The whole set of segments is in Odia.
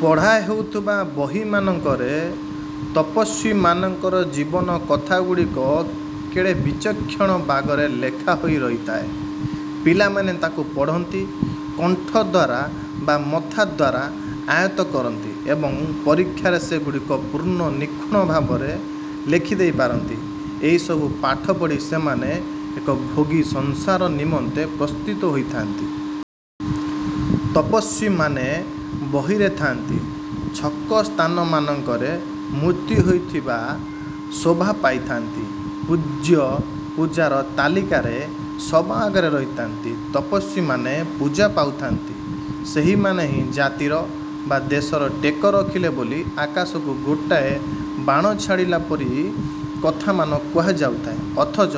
ପଢ଼ା ହେଉଥିବା ବହିମାନଙ୍କରେ ତପସ୍ୱୀମାନଙ୍କର ଜୀବନ କଥାଗୁଡ଼ିକ କେଡ଼େ ବିଚକ୍ଷଣ ବାଗରେ ଲେଖା ହୋଇ ରହିଥାଏ। ପିଲାମାନେ ତାକୁ ପଢ଼ନ୍ତି, କଣ୍ଠ ଦ୍ଵାରା ବା ମଥା ଦ୍ୱାରା ଆୟତ୍ତ କରନ୍ତି ଏବଂ ପରୀକ୍ଷାରେ ସେଗୁଡ଼ିକ ପୂର୍ଣ୍ଣ ନିଖୁଣ ଭାବରେ ଲେଖିଦେଇ ପାରନ୍ତି। ଏହିସବୁ ପାଠ ପଢ଼ି ସେମାନେ ଏକ ଭୋଗୀ ସଂସାର ନିମନ୍ତେ ପ୍ରସ୍ତୁତ ହୋଇଥାନ୍ତି। ତପସ୍ୱୀମାନେ ବହିରେ ଥାଆନ୍ତି, ଛକ ସ୍ଥାନମାନଙ୍କରେ ମୂର୍ତ୍ତି ହୋଇ ଥିବା ଶୋଭା ପାଉଥାଆନ୍ତି, ପୂଜ୍ୟ ପୂଜାର ତାଲିକାରେ ସବା ଆଗେରେ ରହିଥାନ୍ତି। ତପସ୍ୱୀମାନେ ପୂଜା ପାଉଥାଆନ୍ତି, ସେହିମାନେ ହିଁ ଜାତିର ବା ଦେଶର ଟେକ ରଖିଲେ ବୋଲି ଆକାଶକୁ ଗୋଟାଏ ବାଣ ଛାଡ଼ିଲା ପରି କଥାମାନ କୁହାଯାଉଥାଏ ଅଥଚ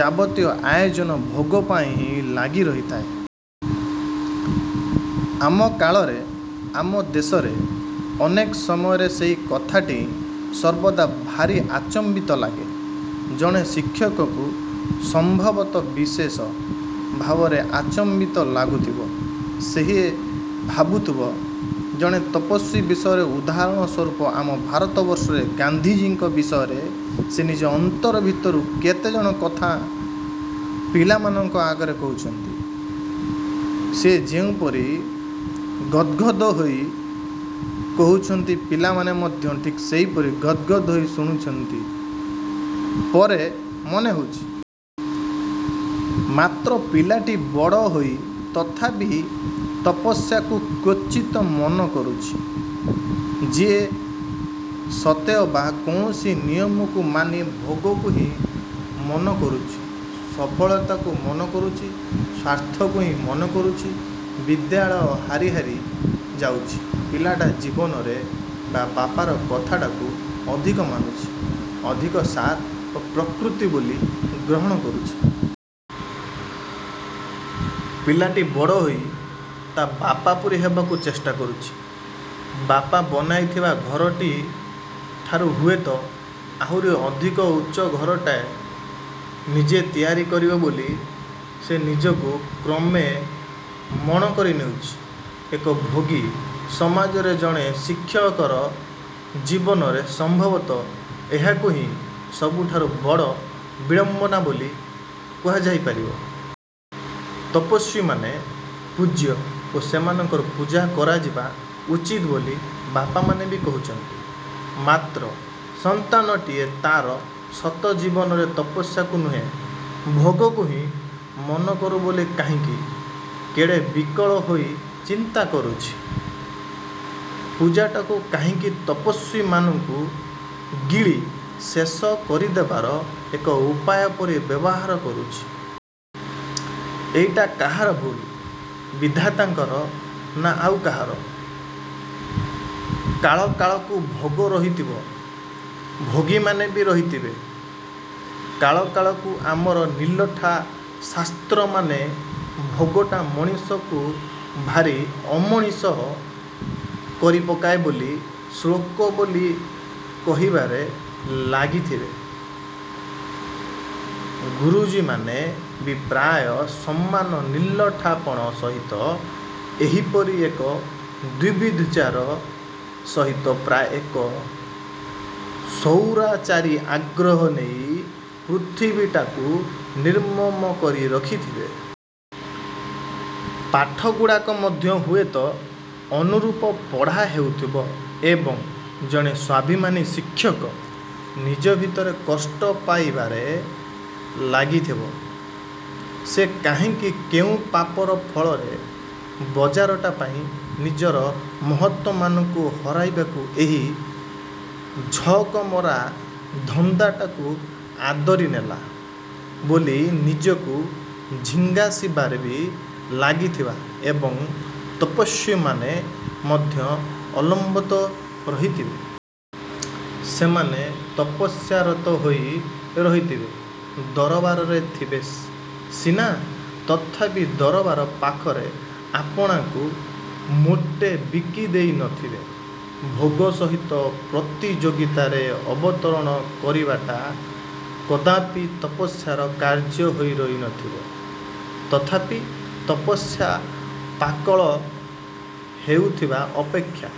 ଯାବତୀୟ ଆୟୋଜନ ଭୋଗ ପାଇଁ ହିଁ ଲାଗି ରହିଥାଏ। ଆମ କାଳରେ, ଆମ ଦେଶରେ ଅନେକ ସମୟରେ ସେହି କଥାଟି ସର୍ବଦା ଭାରି ଆଚମ୍ବିତ ଲାଗେ। ଜଣେ ଶିକ୍ଷକକୁ ସମ୍ଭବତଃ ବିଶେଷ ଭାବରେ ଆଚମ୍ବିତ ଲାଗୁଥିବ। ସିଏ ଭାବୁଥିବ, ଜଣେ ତପସ୍ୱୀ ବିଷୟରେ ଉଦାହରଣ ସ୍ଵରୂପ ଆମ ଭାରତବର୍ଷରେ ଗାନ୍ଧୀଜିଙ୍କ ବିଷୟରେ ସିଏ ନିଜ ଅନ୍ତର ଭିତରୁ କେତେ କଣ କଥା ପିଲାମାନଙ୍କ ଆଗରେ କହୁଛନ୍ତି, ସିଏ ଯେଉଁପରି ଗଦ୍ଗଦ୍ ହୋଇ କହୁଛନ୍ତି ପିଲାମାନେ ମଧ୍ୟ ଠିକ୍ ସେହିପରି ଗଦ୍ଗଦ୍ ହୋଇ ଶୁଣୁଥିବା ପରେ ମନେହେଉଛି। ମାତ୍ର ପିଲାଟି ବଡ଼ ହୋଇ ତଥାପି ତପସ୍ୟାକୁ କ୍ଵଚିତ ମନ କରୁଛି, ଯିଏ ସତେଅବା କୌଣସି ନିୟମକୁ ମାନି ଭୋଗକୁ ହିଁ ମନ କରୁଛି, ସଫଳତାକୁ ମନ କରୁଛି, ସ୍ୱାର୍ଥକୁ ହିଁ ମନ କରୁଛି। ବିଦ୍ୟାଳୟ ହାରି ହାରି ଯାଉଛି, ପିଲାଟା ଜୀବନରେ ତା ବାପାର କଥାଟାକୁ ଅଧିକ ମାନୁଛି, ଅଧିକ ସାର ଓ ପ୍ରକୃତ ବୋଲି ଗ୍ରହଣ କରୁଛି। ପିଲାଟି ବଡ଼ ହୋଇ ତା ବାପା ପରି ହେବାକୁ ଚେଷ୍ଟା କରୁଛି। ବାପା ବନାଇଥିବା ଘରଟି ଠାରୁ ହୁଏତ ଆହୁରି ଅଧିକ ଉଚ୍ଚ ଘରଟାଏ ନିଜେ ତିଆରି କରିବ ବୋଲି ସିଏ ନିଜକୁ କ୍ରମେ ମଣ କରି ନେଉଛି। ଏକ ଭୋଗୀ ସମାଜରେ ଜଣେ ଶିକ୍ଷକର ଜୀବନରେ ସମ୍ଭବତଃ ଏହାକୁ ହିଁ ସବୁଠାରୁ ବଡ଼ ବିଡ଼ମ୍ବନା ବୋଲି କୁହାଯାଇ ପାରିବ। ତପସ୍ୱୀମାନେ ପୂଜ୍ୟ ଓ ସେମାନଙ୍କର ପୂଜା କରାଯିବା ଉଚିତ ବୋଲି ବାପାମାନେ ବି କହୁଛନ୍ତି। ମାତ୍ର ସନ୍ତାନଟି ତାର ସତ ଜୀବନରେ ତପସ୍ୟାକୁ ନୁହେଁ, ଭୋଗକୁ ହିଁ ମନକରୁ ବୋଲି କାହିଁକି କେଡ଼େ ବିକଳ ହୋଇ ଚିନ୍ତା କରୁଛି? ପୂଜାଟାକୁ କାହିଁକି ତପସ୍ୱୀମାନଙ୍କୁ ଗିଳି ଶେଷ କରିଦେବାର ଏକ ଉପାୟ ପରି ବ୍ୟବହାର କରୁଛି? ଏଇଟା କାହାର ଭୁଲ, ବିଧାତାଙ୍କର ନା ଆଉ କାହାର? କାଳକାଳକୁ ଭୋଗ ରହିଥିବ, ଭୋଗୀମାନେ ବି ରହିଥିବେ। କାଳକାଳକୁ ଆମର ନିଲଠା ଶାସ୍ତ୍ରମାନେ ଭୋଗଟା ମଣିଷକୁ ଭାରି ଅମଣିଷ କରିପକାଏ ବୋଲି ଶ୍ଳୋକ ବୋଲି କହିବାରେ ଲାଗିଥିବେ। ଗୁରୁଜୀମାନେ ବି ପ୍ରାୟ ସମାନ ନିଲଠାପଣ ସହିତ ଏହିପରି ଏକ ଦ୍ୱିବିଧାଚାର ସହିତ ପ୍ରାୟ ଏକ ସୌରାଚାରୀ ଆଗ୍ରହ ନେଇ ପୃଥିବୀଟାକୁ ନିର୍ମମ କରି ରଖିଥିବେ। ପାଠଗୁଡ଼ାକ ମଧ୍ୟ ହୁଏତ ଅନୁରୂପ ପଢ଼ା ହେଉଥିବ ଏବଂ ଜଣେ ସ୍ଵାଭିମାନୀ ଶିକ୍ଷକ ନିଜ ଭିତରେ କଷ୍ଟ ପାଇବାରେ ଲାଗିଥିବ। ସିଏ କାହିଁକି କେଉଁ ପାପର ଫଳରେ ବଜାରଟା ପାଇଁ ନିଜର ମହତମାନଙ୍କୁ ହରାଇବାକୁ ଏହି ଝଅକମରା ଧନ୍ଦାଟାକୁ ଆଦରି ନେଲା ବୋଲି ନିଜକୁ ଝିଙ୍ଗାସିବାରେ ବି ଲାଗିଥିବା ଏବଂ ତପସ୍ୱୀମାନେ ମଧ୍ୟ ଅଲମ୍ବତ ରହିଥିବେ। ସେମାନେ ତପସ୍ୟାରତ ହୋଇ ରହିଥିବେ। ଦରବାରରେ ଥିବେ ସିନା ତଥାପି ଦରବାର ପାଖରେ ଆପଣାକୁ ମୋଟେ ବିକିଦେଇ ନଥିବେ। ଭୋଗ ସହିତ ପ୍ରତିଯୋଗିତାରେ ଅବତରଣ କରିବାଟା କଦାପି ତପସ୍ୟାର କାର୍ଯ୍ୟ ହୋଇ ରହିନଥିବ। ତଥାପି ତପସ୍ୟା ପାକଳ ହେଉଥିବା ଅପେକ୍ଷା